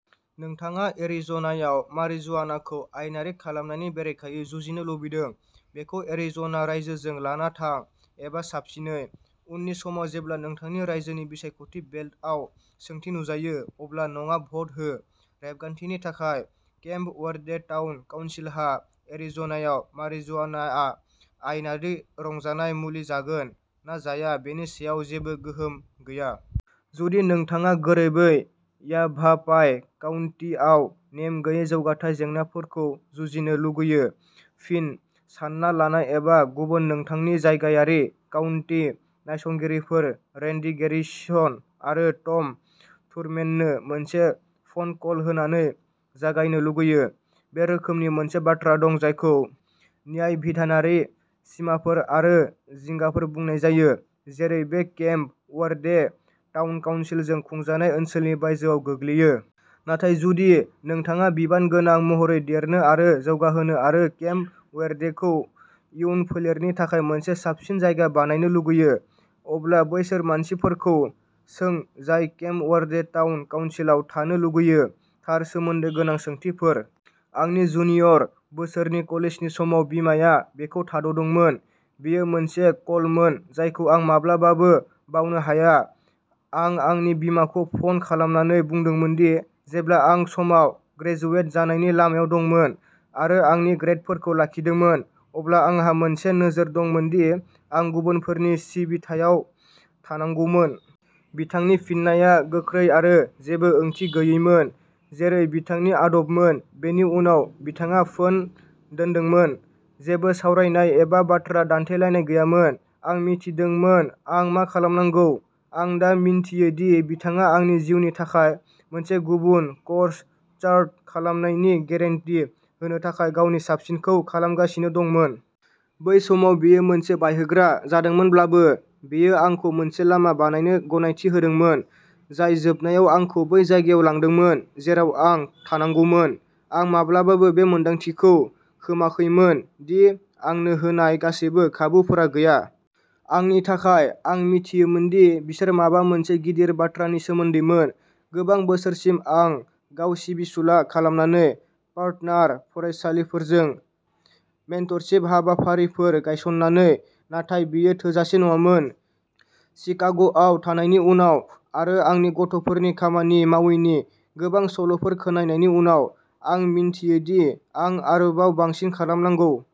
नोंथाङा एरिज'नायाव मारिजुआनाखौ आयेनारि खालामनायनि बेरेखायै जुजिनो लुबैदों, बेखौ एरिज'ना रायजोजों लाना थां, एबा साबसिनै, उननि समाव जेब्ला नोंथांनि रायजोनि बिसायख'थि बेलटआव सोंथि नुजायो, अब्ला "नङा" भ'ट हो। रेबगान्थिनि थाखाय, केम्प वर्दे टाउन काउन्सिलहा एरिज'नायाव मारिजुआनाआ आयेनारि रंजानाय मुलि जागोन ना जाया बेनि सायाव जेबो गोहोम गैया। जुदि नोंथाङा गोरोबै याभापाइ काउन्टिआव नेम गैयै जौगाथाय जेंनाफोरखौ जुजिनो लुगैयो-फिन, सानना लानाय एबा गुबुन-नोंथांनि जायगायारि काउन्टि नायसंगिरिफोर रेन्डी गेरिसन आरो टम थुरमेननो मोनसे फ'न कल होनानै जागायनो लुगैयो। बे रोखोमनि मोनसे बाथ्रा दं जायखौ न्यायबिधानारि सिमाफोर आरो जिंगाफोर बुंनाय जायो, जेरै बे केम्प वर्दे टाउन काउन्सिलजों खुंजानाय ओनसोलनि बायजोआव गोग्लैयो। नाथाय, जुदि नोंथाङा बिबानगोनां महरै देरनो आरो जौगाहोनो आरो केम्प वर्देखौ इयुन फोलेरनि थाखाय मोनसे साबसिन जायगा बानायनो लुगैयो, अब्ला बैसोर मानसिफोरखौ सों जाय केम्प वर्दे टाउन काउन्सिलाव थानो लुगैयो, थार सोमोन्दो गोनां सोंथिफोर। आंनि जुनियर बोसोरनि कलेजनि समाव बिमाया बेखौ थाद'दोंमोन। बेयो मोनसे कलमोन जायखौ आं माब्लाबाबो बावनो हाया। आं आंनि बिमाखौ फन खालामनानै बुंदोंमोन दि जेब्ला आं समाव ग्रेजुवेट जानायनि लामायाव दंमोन आरो आंनि ग्रेदफोरखौ लाखिदोंमोन, अब्ला आंहा मोनसे नोजोर दंमोन दि आं गुबुनफोरनि सिबिथायाव थानांगौमोन। बिथांनि फिननाया गोख्रै आरो जेबो ओंथि गैयैमोन, जेरै बिथांनि आदबमोन। बेनि उनाव, बिथाङा फोन दोनदोंमोन। जेबो सावरायनाय एबा बाथ्रा दान्थेलायनाय गैयामोन। आं मिथिदोंमोन आं मा खालामनांगौ। आं दा मिन्थियो दि बिथाङा आंनि जिउनि थाखाय मोनसे गुबुन कर्स चार्ट खालामनायनि गेरेन्टि होनो थाखाय गावनि साबसिनखौ खालामगासिनो दंमोन। बै समाव बेयो गोसो बायहोग्रा जादोंमोनब्लाबो, बेयो आंखौ मोनसे लामा बानायनो गनायथि होदोंमोन जाय जोबनायाव आंखौ बै जायगायाव लांदोंमोन जेराव आं थानांगौमोन। आं माब्लाबाबो बे मोन्दांथिखौ खोमाखैमोन दि आंनो होनाय गासैबो खाबुफोरा गैया। आंनि थाखाय। आं मिथियोमोन दि बिसोर माबा मोनसे गिदिर बाथ्रानि सोमोन्दैमोन। गोबां बोसोरसिम आं गाव सिबिसुला खालामनानै, पार्टनार फरायसालिफोरजों मेंटरशिप हाबाफारिफोर गायस'ननानै, नाथाय बेयो थोजासे नङामोन। शिकाग'आव थानायनि उनाव आरो आंनि गथ'फोरनि खामानि मावैनि गोबां सल'फोर खोनानायनि उनाव, आं मिन्थियो दि आं आरोबाव बांसिन खालामनांगौ।